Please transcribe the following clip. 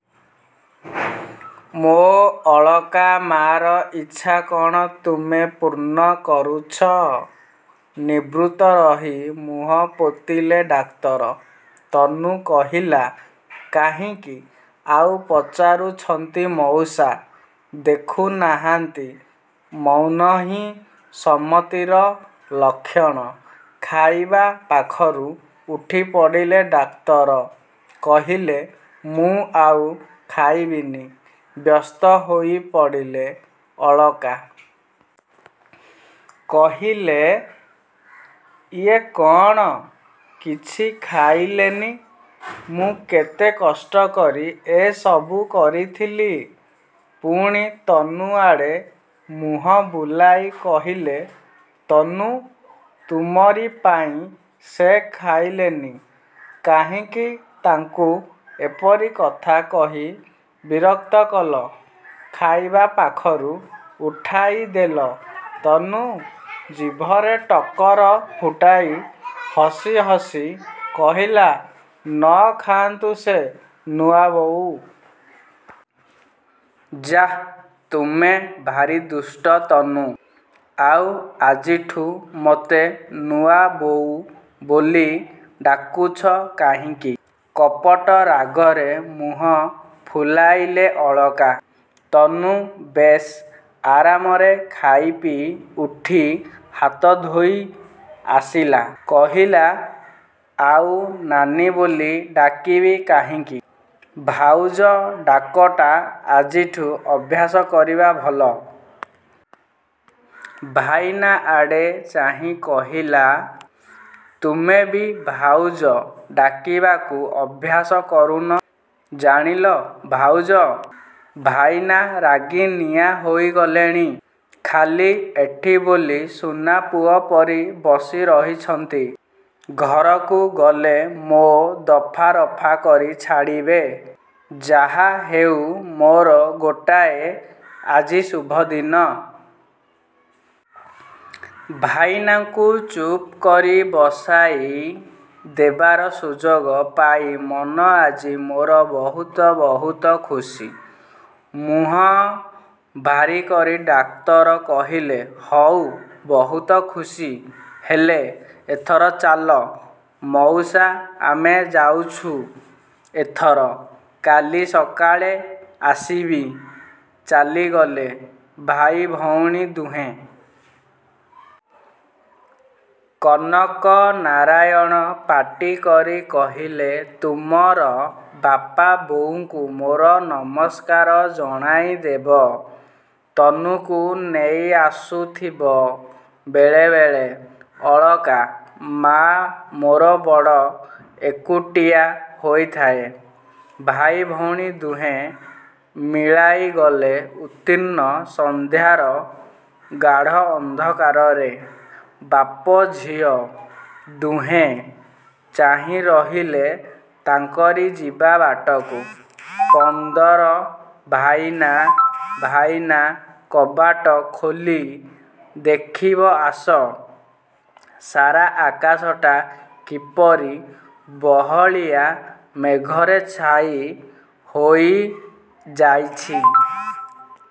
ମୋ ଅଳକା ମାର ଇଚ୍ଛା କଣ ତୁମେ ପୂର୍ଣ୍ଣ କରୁଛ? ନିବୃତ୍ତ ରହି ମୁହଁପୋତିଲେ ଡାକ୍ତର। ତନୁ କହିଲା କାହିଁକି ଆଉ ପଚାରୁଛନ୍ତି ମଉସା, ଦେଖୁନାହାନ୍ତି ମୌନହିଁ ସମ୍ମତିର ଲକ୍ଷଣ। ଖାଇବା ପାଖରୁ ଉଠିପଡ଼ିଲେ ଡାକ୍ତର। କହିଲେ ମୁଁ ଆଉ ଖାଇବିନି। ବ୍ୟସ୍ତ ହୋଇପଡ଼ିଲେ ଅଳକା। କହିଲେ ଇଏ କଣ କିଛି ଖାଇଲେନି? ମୁଁ କେତେ କଷ୍ଟକରି ଏ ସବୁ କରିଥିଲି। ପୁଣି ତନୁଆଡ଼େ ମୁହଁବୁଲାଇ କହିଲେ ତନୁ ତୁମରି ପାଇଁ ସେ ଖାଇଲେନି। କାହିଁକି ତାଙ୍କୁ ଏପରି କଥା କହି ବିରକ୍ତ କଲ ଖାଇବା ପାଖରୁ ଉଠାଇଦେଲ? ତନୁ ଜିଭରେ ଟକର ଫୁଟାଇ ହସି ହସି କହିଲା ନ ଖାଆନ୍ତୁ ସେ ନୂଆବୋଉ। ଯାଃ ତୁମେ ଭାରି ଦୁଷ୍ଟ, ତନୁ। ଆଉ ଆଜିଠୁ ମୋତେ ନୂଆବୋଉ ବୋଲି ଡାକୁଛ କାହିଁକି? କପଟ ରାଗରେ ମୁହଁ ଫୁଲାଇଲେ ଅଳକା। ତନୁ ବେଶ୍ ଆରାମରେ ଖାଇପିଇ ଉଠି ହାତଧୋଇ ଆସିଲା। କହିଲା, ଆଉ ନାନୀ ବୋଲି ଡାକିବି କାହିଁକି? ଭାଉଜ ଡାକଟା ଆଜିଠୁ ଅଭ୍ୟାସ କରିବା ଭଲ। ଭାଇନା ଆଡ଼େ ଚାହିଁ କହିଲା, ତୁମେ ବି ଭାଉଜ ଡାକିବାକୁ ଅଭ୍ୟାସ କରୁନ। ଜାଣିଲ ଭାଉଜ, ଭାଇନା ରାଗି ନିଆଁ ହୋଇଗଲେଣି। ଖାଲି ଏଠି ବୋଲି ସୁନାପୁଅ ପରି ବସି ରହିଛନ୍ତି। ଘରକୁ ଗଲେ ମୋ ଦଫା ରଫା କରି ଛାଡ଼ିବେ। ଯାହାହେଉ, ମୋର ଗୋଟାଏ ଆଜି ଶୁଭଦିନ। ଭାଇନାଙ୍କୁ ଚୁପ୍ କରି ବସାଇ ଦେବାର ସୁଯୋଗ ପାଇ ମନ ଆଜି ମୋର ବହୁତ ବହୁତ ଖୁସି। ମୁହଁ ଭାରିକରି ଡାକ୍ତର କହିଲେ ହଉ ବହୁତ ଖୁସି ହେଲ। ଏଥର ଚାଲ। ମଉସା ଆମେ ଯାଉଛୁ ଏଥର। କାଲି ସକାଳେ ଆସିବି। ଚାଲିଗଲେ ଭାଇ ଭଉଣୀ ଦୁହେଁ। କନକନାରାୟଣ ପାଟି କରି କହିଲେ, ତୁମର ବାପା ବୋଉଙ୍କୁ ମୋର ନମସ୍କାର ଜଣାଇଦେବ। ତନୁକୁ ନେଇଆସୁଥିବ ବେଳେ ବେଳେ। ଅଳକା ମାଆ ମୋର ବଡ଼ ଏକୁଟିଆ ହୋଇଥାଏ। ଭାଇ ଭଉଣୀ ଦୁହେଁ ମିଳାଇଗଲେ ଉତ୍ତୀର୍ଣ୍ଣ ସନ୍ଧ୍ୟାର ଗାଢ଼ ଅନ୍ଧକାରରେ। ବାପ ଝିଅ ଦୁହେଁ ଚାହିଁରହିଲେ ତାଙ୍କରି ଯିବାବାଟକୁ। ପନ୍ଦର ଭାଇନା ଭାଇନା କବାଟ ଖୋଲି ଦେଖିବ ଆସ ସାରା ଆକାଶଟା କିପରି ବହଳିଆ ମେଘରେ ଛାଇ ହୋଇଯାଇଛି।